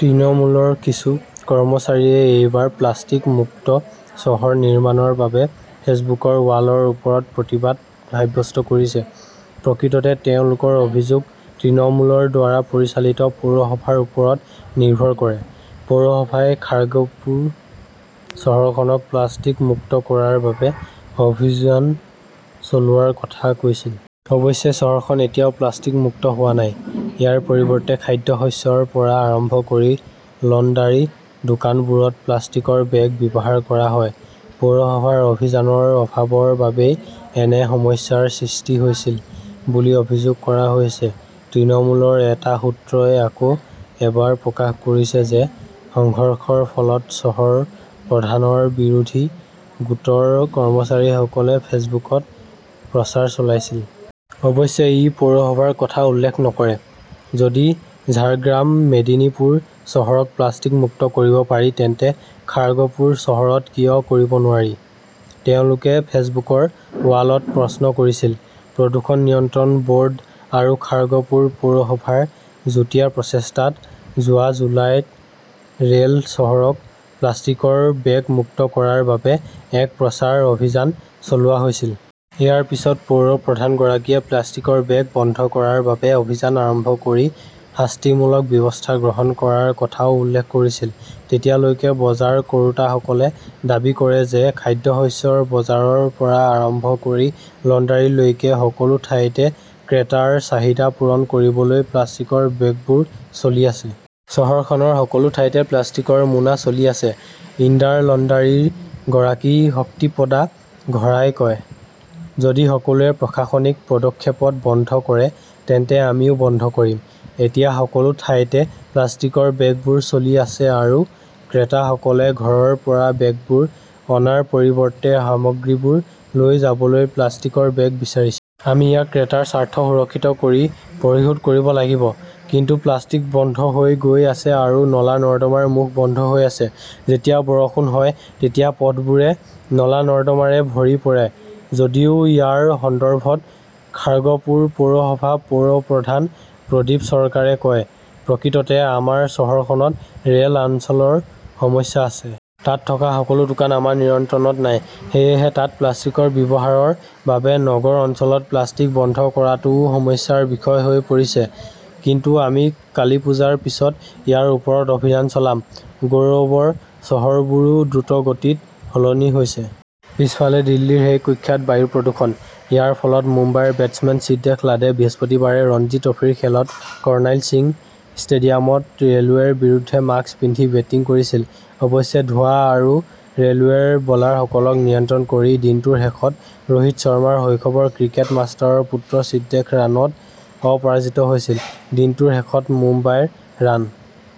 তৃণমূলৰ কিছু কৰ্মচাৰীয়ে এইবাৰ প্লাষ্টিক মুক্ত চহৰ নিৰ্মাণৰ বাবে ফেচবুকৰ ৱালৰ ওপৰত প্ৰতিবাদ সাব্যস্ত কৰিছে। প্ৰকৃততে তেওঁলোকৰ অভিযোগ তৃণমূলৰ দ্বাৰা পৰিচালিত পৌৰসভাৰ ওপৰত নিৰ্ভৰ কৰে। পৌৰসভাই খাৰ্গপুৰ চহৰখনক প্লাষ্টিক মুক্ত কৰাৰ বাবে অভিযান চলোৱাৰ কথা কৈছিল। অৱশ্যে চহৰখন এতিয়াও প্লাষ্টিক মুক্ত হোৱা নাই। ইয়াৰ পৰিৱৰ্তে, খাদ্যশস্যৰ পৰা আৰম্ভ কৰি লণ্ডাৰী, দোকানবোৰত প্লাষ্টিকৰ বেগ ব্যৱহাৰ কৰা হয়। পৌৰসভাৰ অভিযানৰ অভাৱৰ বাবেই এনে সমস্যাৰ সৃষ্টি হৈছিল বুলি অভিযোগ কৰা হৈছে। তৃণমূলৰ এটা সূত্ৰই আকৌ এবাৰ প্ৰকাশ কৰিছে যে, সংঘৰ্ষৰ ফলত চহৰ প্ৰধানৰ বিৰোধী গোটৰ কৰ্মচাৰীসকলে ফেচবুকত প্ৰচাৰ চলাইছিল। অৱশ্যে ই পৌৰসভাৰ কথা উল্লেখ নকৰে। "যদি ঝাৰগ্ৰাম, মেদিনীপুৰ চহৰক প্লাষ্টিক মুক্ত কৰিব পাৰি, তেন্তে খাৰ্গপুৰ চহৰত কিয় কৰিব নোৱাৰি?", তেওঁলোকে ফেচবুকৰ ৱালত প্ৰশ্ন কৰিছিল। "প্ৰদূষণ নিয়ন্ত্ৰণ বৰ্ড আৰু খাৰ্গপুৰ পৌৰসভাৰ যুটীয়া প্ৰচেষ্টাত যোৱা জুলাইত ৰেল চহৰক প্লাষ্টিকৰ বেগ মুক্ত কৰাৰ বাবে এক প্ৰচাৰ অভিযান চলোৱা হৈছিল। ইয়াৰ পিছত পৌৰ প্ৰধানগৰাকীয়ে প্লাষ্টিকৰ বেগ বন্ধ কৰাৰ বাবে অভিযান আৰম্ভ কৰি শাস্তিমূলক ব্যৱস্থা গ্ৰহণ কৰাৰ কথাও উল্লেখ কৰিছিল তেতিয়ালৈকে। বজাৰ কৰোঁতাসকলে দাবী কৰে যে খাদ্যশস্যৰ বজাৰৰ পৰা আৰম্ভ কৰি লণ্ডাৰীলৈকে সকলো ঠাইতে ক্ৰেতাৰ চাহিদা পূৰণ কৰিবলৈ প্লাষ্টিকৰ বেগবোৰ চলি আছে। "চহৰখনৰ সকলো ঠাইতে প্লাষ্টিকৰ মোনা চলি আছে", ইণ্ডাৰ লণ্ডাৰীৰ গৰাকী শক্তিপদা ঘৰাই কয়। যদি সকলোৱে প্ৰশাসনিক পদক্ষেপত বন্ধ কৰে, তেন্তে আমিও বন্ধ কৰিম। এতিয়া সকলো ঠাইতে প্লাষ্টিকৰ বেগবোৰ চলি আছে আৰু ক্ৰেতাসকলে ঘৰৰ পৰা বেগবোৰ অনাৰ পৰিৱৰ্তে সামগ্ৰীবোৰ লৈ যাবলৈ প্লাষ্টিকৰ বেগ বিচাৰিছে। আমি ইয়াক ক্ৰেতাৰ স্বাৰ্থ সুৰক্ষিত কৰি পৰিশোধ কৰিব লাগিব। "কিন্তু প্লাষ্টিক বন্ধ হৈ গৈ আছে আৰু নলা-নৰ্দমাৰ মুখ বন্ধ হৈ আছে। যেতিয়া বৰষুণ হয়, তেতিয়া পথবোৰে নলা-নৰ্দমাৰে ভৰি পৰে। যদিও ইয়াৰ সন্দৰ্ভত খাৰ্গপুৰ পৌৰসভাৰ পৌৰপ্ৰধান প্ৰদীপ চৰকাৰে কয়, "প্ৰকৃততে আমাৰ চহৰখনত ৰেল অঞ্চলৰ সমস্যা আছে। তাত থকা সকলো দোকান আমাৰ নিয়ন্ত্ৰণত নাই। সেয়েহে তাত প্লাষ্টিকৰ ব্যৱহাৰৰ বাবে নগৰ অঞ্চলত প্লাষ্টিক বন্ধ কৰাটোও সমস্যাৰ বিষয় হৈ পৰিছে। কিন্তু আমি কালীপুজাৰ পিছত ইয়াৰ ওপৰত অভিযান চলাম"। গৌৰৱৰ চহৰবোৰো দ্ৰুতগতিত সলনি হৈছে। পিছফালে দিল্লীৰ সেই কুখ্যাত বায়ু প্ৰদূষণ। ইয়াৰ ফলত মুম্বাইৰ বেটছমেন সিদ্ধেশ লাডে বৃহস্পতিবাৰে ৰঞ্জী ট্ৰফীৰ খেলত কৰ্ণাইল সিং ষ্টেডিয়ামত ৰেলৱেৰ বিৰুদ্ধে মাস্ক পিন্ধি বেটিং কৰিছিল। অৱশ্যে, ধোঁৱা আৰু ৰেলৱেৰ বলাৰসকলক নিয়ন্ত্ৰণ কৰি, দিনটোৰ শেষত ৰোহিত শৰ্মাৰ শৈশৱৰ ক্ৰিকেট-মাষ্টাৰৰ পুত্ৰ সিদ্ধেশ ৰানত অপৰাজিত আছিল। দিনটোৰ শেষত মুম্বাইৰ ৰান।